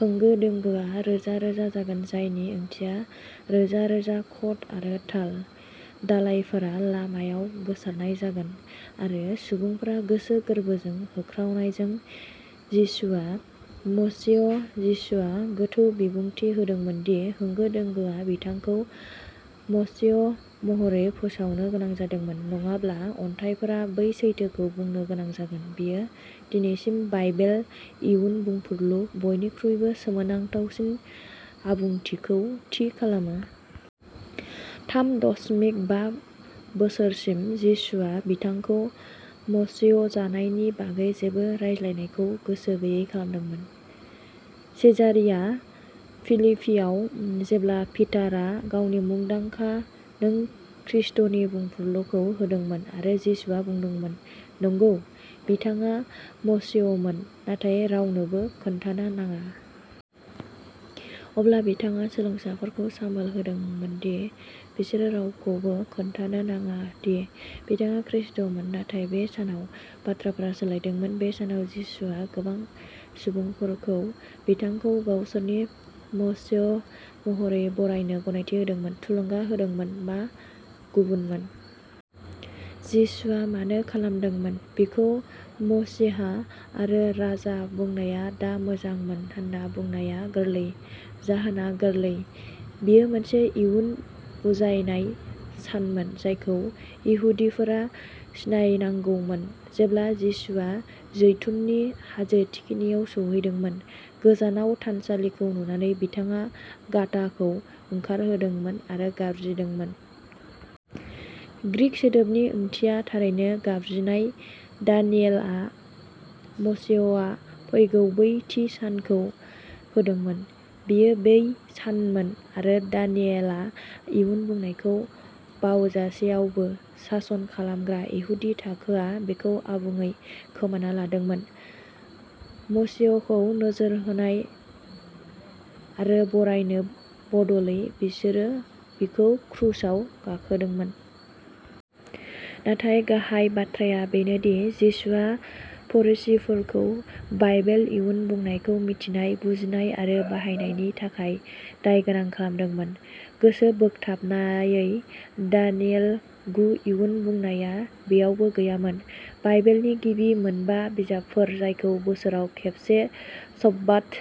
होंगो-दोंगोआ रोजा रोजा जागोन जायनि ओंथिया रोजा-रोजा कट आरो ताल दालाइफोरा लामायाव गोसारनाय जागोन। आरो सुबुंफोरा गोसो गोर्बोजों होख्रावनायजों "जिसुआ मसीह" जिसुआ गोथौ बिबुंथि होदोंमोन दि होंगो-दोंगोआ बिथांखौ मसीह महरै फोसावनो गोनां जादोंमोन नङाब्ला अन्थाइफोरा बै सैथोखौ बुंनो गोनां जागोन बेयो दिनैसिम बाइबेल इयुन बुंफुरलु बयनिख्रुइबो सोमोनांथावसिन आबुंथिखौ थि खालामो। थाम दसमिक बा बोसोरसिम जिसुआ बिथांखौ मसीह जानायनि बागै जेबो रायलायनायखौ गोसो गैयै खालामदोंमोन। सिजारिया-फिलिपिआव, जेब्ला पिटारआ गावनि मुंदांखा नों ख्रिस्ट’नि बुंफुरलुखौ होदोंमोन, आरो जिसुआ बुंदोंमोन "नंगौ", बिथाङा मसीहमोन, नाथाय रावनोबो खोन्थानो नाङा। अब्ला बिथाङा सोलोंसाफोरखौ सामोल होदोंमोन दि बिसोरो रावखौबो खोन्थानो नाङा दि बिथाङा ख्रिस्ट’मोन। नाथाय बे सानाव बाथ्राफोरा सोलायदोंमोन। बे सानाव जिसुआ गोबां सुबुंफोरखौ बिथांखौ गावसोरनि मसह महरै बरायनो गनायथि होदोंमोन, थुलुंगा होदोंमोन। मा गुबुनमोन? जिसुआ मानो खालामदोंमोन? बिखौ मसीहा आरो राजा बुंनाया दा मोजांमोन होनना बुंनाया गोरलै? जाहोना गोरलै। बेयो मोनसे इयुन बुजायनाय सानमोन जायखौ इहुदिफोरा सिनायनांगौमोन। जेब्ला जिसुआ जैतुननि हाजो थिखिनियाव सौहैदोंमोन, गोजानाव थानसालिखौ नुनानै, बिथाङा गाधाखौ ओंखारहोदोंमोन आरो गाबज्रिदोंमोन। ग्रीक सोदोबनि ओंथिया थारैनो गाबज्रिनाय दानियेलआ मसीहआ फैगोन बै थि सानखौ होदोंमोन। बेयो बै सानमोन आरो दानियेला इयुन बुंनायखौ बावजासेयावबो, सासन खालामग्रा इहुदि थाखोआ बेखौ आबुङै खोमाना लादोंमोन मसीहखौ नोजोर होनाय आरो बरायनो बदलै, बिसोरो बिखौ क्रुसाव गाखोदोंमोन। नाथाय गाहाय बाथ्राया बेनो दि जिसुआ फरिसीफोरखौ बाइबेल इयुन बुंनायखौ मिन्थिनाय, बुजिनाय आरो बाहायनायनि थाखाय दायगोनां खालामदोंमोन। गोसोबोगथाबनायै, दानियेल गु इयुन बुंनाया बेयावबो गैयामोन। बाइबेलनि गिबि मोनबा बिजाबफोर जायखौ बोसोराव खेबसे शब्बात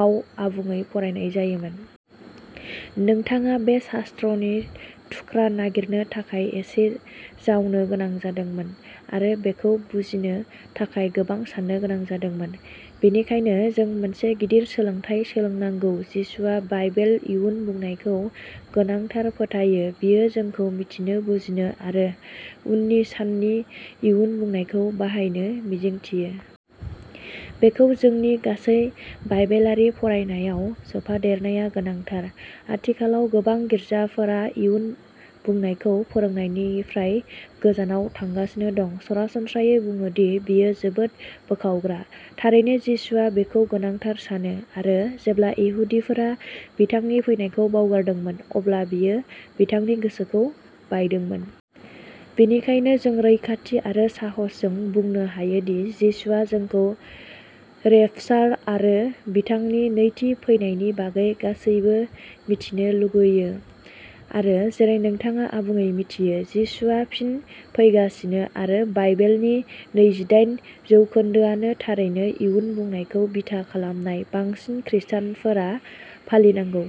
आव आबुङै फरायनाय जायोमोन। नोंथाङा बे शास्त्रनि थुख्रा नागिरनो थाखाय एसे जावनो गोनां जादोंमोन आरो बेखौ बुजिनो थाखाय गोबां साननो गोनां जादोंमोन। बेनिखायनो जों मोनसे गिदिर सोलोंथाय सोलोंनांगौ जिसुआ बाइबेल इयुन बुंनायखौ गोनांथार फोथायो बियो जोंखौ मिथिनो बुजिनो आरो उननि साननि इयुन बुंनायखौ बाहायनो मिजिंथियो। बेखौ जोंनि गासै बाइबेलारि फरायनायाव सोफादेरनाया गोनांथार। आथिखालाव गोबां गिर्जाफोरा इयुन बुंनायखौ फोरोंनायनिफ्राय गोजानाव थांगासिनो दं सरासनस्रायै बुङो दि बेयो जोबोद बोखावग्रा। थारैनो जिसुआ बेखौ गोनांथार सानो। आरो जेब्ला इहुदिफोरा बिथांनि फैनायखौ बावगारदोंमोन अब्ला बियो बिथांनि गोसोखौ बायदोंमोन। बेनिखायनो जों रैखाथि आरो साहसजों बुंनो हायो दि जिसुआ जोंखौ रेपचार आरो बिथांनि नैथि फैनायनि बागै गासिबो मिथिनो लुगैयो। आरो जेरै नोंथाङा आबुङै मिथियो, जिसुआ फिन फैगासिनो आरो बाइबेलनि नैजिदाइन जौखोन्दोआनो थारैनो इयुन बुंनायखौ बिथा खालामनाय, बांसिन ख्रिस्टानफोरा फालिनांगौ।